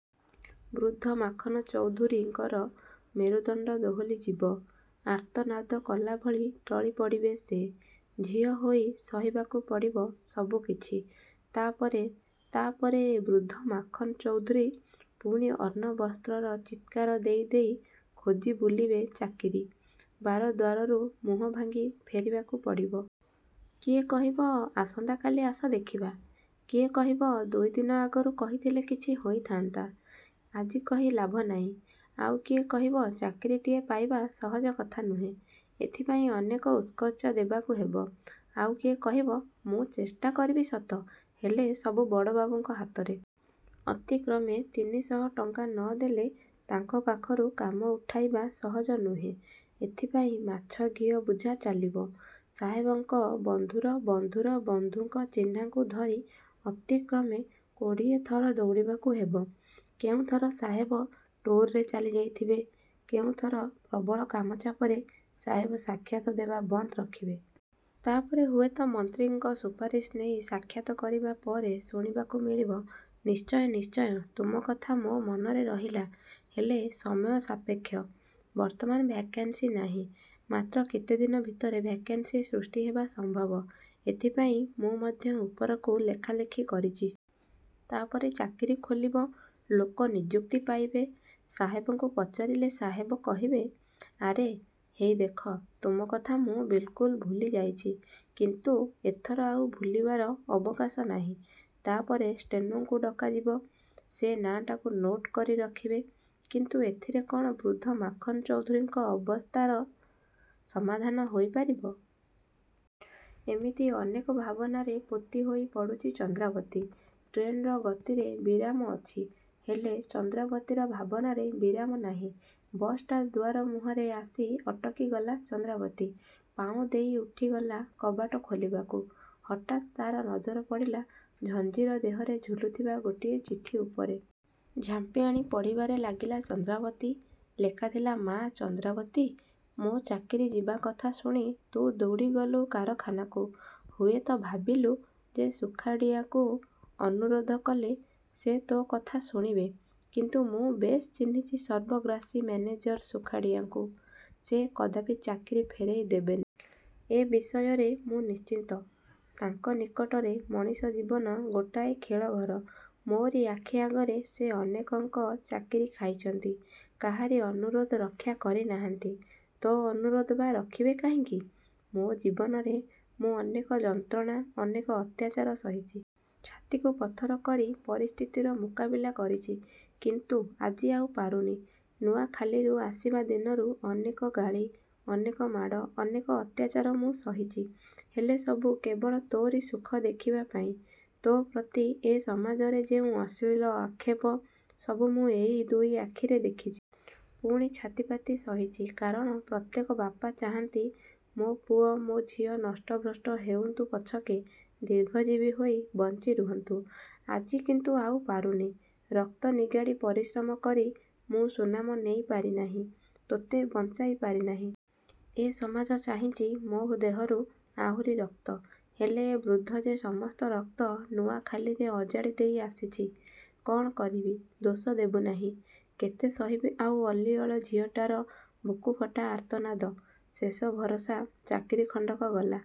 ବୃଦ୍ଧ ମାଖନ ଚୌଧୁରୀଙ୍କର ମେରୁଦଣ୍ଡ ଦୋହଲିଯିବ। ଆର୍ତ୍ତନାଦ କଲାଭଳି ଟଳି ପଡ଼ିବେ ସେ। ଝିଅ ହୋଇ ସହିବାକୁ ପଡ଼ିବ ସବୁକିଛି। ତାପରେ, ତାପରେ ବୃଦ୍ଧ ମାଖନ ଚୌଧୁରୀ ପୁଣି ଅନ୍ନବସ୍ତ୍ରର ଚିତ୍କାର ଦେଇ ଦେଇ ଖୋଜି ବୁଲିବେ ଚାକିରି। ବାର ଦ୍ୱାରରୁ ମୁହଁ ଭାଙ୍ଗି ଫେରିବାକୁ ପଡ଼ିବ। କିଏ କହିବ, ଆସନ୍ତାକାଲି ଆସ, ଦେଖିବା। କିଏ କହିବ, ଦୁଇ ଦିନ ଆଗରୁ କହିଥିଲେ କିଛି ହୋଇଥାନ୍ତା, ଆଜି କହି ଲାଭ ନାହିଁ। ଆଉ କିଏ କହିବ, ଚାକିରିଟିଏ ପାଇବା ସହଜ କଥା ନୁହେଁ। ଏଥିପାଇଁ ଅନେକ ଉତ୍କୋଚ ଦେବାକୁ ହେବ। ଆଉ କିଏ କହିବ, ମୁଁ ଚେଷ୍ଟା କରିବି ସତ, ହେଲେ ସବୁ ବଡ଼ବାବୁଙ୍କ ହାତରେ। ଅତି କମ୍ରେ ତିନି ଶହ ଟଙ୍କା ନ ଦେଲେ ତାଙ୍କ ପାଖରୁ କାମ ଉଠାଇବା ସହଜ ନୁହେଁ। ଏଥିପାଇଁ ମାଛ ଘିଅ ବୁଝା ଚାଲିବ। ସାହେବଙ୍କ ବନ୍ଧୁର ବନ୍ଧୁର ବନ୍ଧୁଙ୍କ ଚିହ୍ନାଙ୍କୁ ଧରି ଅତି କମ୍ରେ କୋଡ଼ିଏ ଥର ଦୌଡ଼ିବାକୁ ହେବ। କେଉଁଥର ସାହେବ ଟୁର୍‌ରେ ଚାଲି ଯାଇଥିବେ, କେଉଁଥର ପ୍ରବଳ କାମ ଚାପରେ ସାହେବ ସାକ୍ଷାତ ଦେବା ବନ୍ଦ ରଖିବେ। ତା'ପରେ ହୁଏତ ମନ୍ତ୍ରୀଙ୍କ ସୁପାରିଶ ନେଇ ସାକ୍ଷାତ କରିବା ପରେ ଶୁଣିବାକୁ ମିଳିବ, ନିଶ୍ଚୟ, ନିଶ୍ଚୟ, ତୁମ କଥା ମୋ ମନରେ ରହିଲା। ହେଲେ ସମୟ ସାପେକ୍ଷ। ବର୍ତ୍ତମାନ ଭ୍ୟାକେନ୍ସି ନାହିଁ। ମାତ୍ର କେତେଦିନ ଭିତରେ ଭ୍ୟାକେନ୍ସି ସୃଷ୍ଟି ହେବା ସମ୍ଭବ। ଏଥିପାଇଁ ମୁଁ ମଧ୍ୟ ଉପରକୁ ଲେଖାଲେଖି କରିଛି। ତା'ପରେ ଚାକିରି ଖୋଲିବ। ଲୋକ ନିଯୁକ୍ତି ପାଇବେ। ସାହେବଙ୍କୁ ପଚାରିଲେ ସାହେବ କହିବେ, ଆରେ, ହେଇ ଦେଖ, ତୁମ କଥା ମୁଁ ବିଲ୍‌କୁଲ ଭୁଲି ଯାଇଛି। କିନ୍ତୁ ଏଥର ଆଉ ଭୁଲିବାର ଅବକାଶ ନାହିଁ। ତାପରେ ଷ୍ଟେନୋଙ୍କୁ ଡକାଯିବ। ସେ ନାଁଟାକୁ ନୋଟ୍‌ କରି ରଖିବେ। କିନ୍ତୁ ଏଥିରେ କଣ ବୃଦ୍ଧ ମାଖନ ଚୌଧୁରୀଙ୍କ ଅବସ୍ଥାର ସମାଧାନ ହୋଇପାରିବ? ଏମିତି ଅନେକ ଭାବନାରେ ପୋତି ହୋଇ ପଡ଼ୁଛି ଚନ୍ଦ୍ରାବତୀ। ଟ୍ରେନ୍‌ର ଗତିରେ ବିରାମ ଅଛି। ହେଲେ ଚନ୍ଦ୍ରାବତୀର ଭାବନାରେ ବିରାମ ନାହିଁ। ବସ୍‌ଟା ଦୁଆର ମୁହଁରେ ଆସି ଅଟକିଗଲା ଚନ୍ଦ୍ରାବତୀ। ପାଉଁ ଦେଇ ଉଠିଗଲା କବାଟ ଖୋଲିବାକୁ। ହଠାତ୍ ତା'ର ନଜର ପଡ଼ିଲା ଝଞ୍ଜିର ଦେହରେ ଝୁଲୁଥିବା ଗୋଟିଏ ଚିଠି ଉପରେ। ଝାମ୍ପିଆଣି ପଢ଼ିବାରେ ଲାଗିଲା ଚନ୍ଦ୍ରାବତୀ। ଲେଖାଥିଲା, ମା ଚନ୍ଦ୍ରାବତୀ ,ମୋ ଚାକିରି ଯିବା କଥା ଶୁଣି ତୁ ଦୌଡ଼ିଗଲୁ କାରଖାନାକୁ। ହୁଏତ ଭାବିଲୁ ଯେ ସୁଖାଡ଼ିଆଙ୍କୁ ଅନୁରୋଧ କଲେ ସେ ତୋ କଥା ଶୁଣିବେ, କିନ୍ତୁ ମୁଁ ବେଶ୍ ଚିହ୍ନିଛି ସର୍ବଗ୍ରାସୀ ମ୍ୟାନେଜର ସୁଖାଡ଼ିଆଙ୍କୁ। ସେ କଦାପି ଚାକିରି ଫେରାଇ ଦେବେନି। ଏ ବିଷୟରେ ମୁଁ ନିଶ୍ଚିତ। ତାଙ୍କ ନିକଟରେ ମଣିଷ ଜୀବନ ଗୋଟାଏ ଖେଳଘର। ମୋରି ଆଖି ଆଗରେ ସେ ଅନେକଙ୍କ ଚାକିରି ଖାଇଛନ୍ତି। କାହାରି ଅନୁରୋଧ ରକ୍ଷା କରି ନାହାନ୍ତି। ତୋ ଅନୁରୋଧ ବା ରଖିବେ କାହିଁକି?ମୋ ଜୀବନରେ ମୁଁ ଅନେକ ଯନ୍ତ୍ରଣା, ଅନେକ ଅତ୍ୟାଚାର ସହିଛି। ଛାତିକୁ ପଥର କରି ପରିସ୍ଥିତିର ମୁକାବିଲା କରିଛି। କିନ୍ତୁ ଆଜି ଆଉ ପାରୁନି। ନୂଆଖାଲିରୁ ଆସିବା ଦିନରୁ ଅନେକ ଗାଳି, ଅନେକ ମାଡ଼, ଅନେକ ଅତ୍ୟାଚାର ମୁଁ ସହିଛି। ହେଲେ ସବୁ କେବଳ ତୋରି ସୁଖ ଦେଖିବା ପାଇଁ। ତୋ ପ୍ରତି ଏ ସମାଜରେ ଯେଉଁ ଅଶ୍ଳୀଳ ଆକ୍ଷେପ, ସବୁ ମୁଁ ଏଇ ଦୁଇ ଆଖିରେ ଦେଖିଛି। ପୁଣି ଛାତିପାତି ସହିଛି। କାରଣ ପ୍ରତ୍ୟେକ ବାପା ଚାହାନ୍ତି, ମୋ ପୁଅ, ମୋ ଝିଅ ନଷ୍ଟ ଭ୍ରଷ୍ଟ ହେଉନ୍ତୁ ପଛକେ, ଦୀର୍ଘଜୀବୀ ହୋଇ ବଞ୍ଚି ରୁହନ୍ତୁ। ଆଜି କିନ୍ତୁ ଆଉ ପାରୁନି। ରକ୍ତ ନିଗାଡ଼ି ପରିଶ୍ରମ କରି ମୁଁ ସୁନାମ ନେଇ ପାରିନାହିଁ। ତୋତେ ବଞ୍ଚାଇ ପାରିନାହିଁ। ଏ ସମାଜ ଚାହିଁଛି ମୋ ଦେହରୁ ଆହୁରି ରକ୍ତ। ହେଲେ ଏ ବୃଦ୍ଧ ଯେ ସମସ୍ତ ରକ୍ତ ନୂଆଖାଲିରେ ଅଜାଡ଼ି ଦେଇ ଆସିଛି କ'ଣ କରିବି, ଦୋଷ ଦେବୁନାହିଁ। କେତେ ସହିବି ଆଉ ଅଲିଅଳ ଝିଅଟାର ବୁକୁଫଟା ଆର୍ତ୍ତନାଦ? ଶେଷ ଭରସା ଚାକିରି ଖଣ୍ଡକ ଗଲା।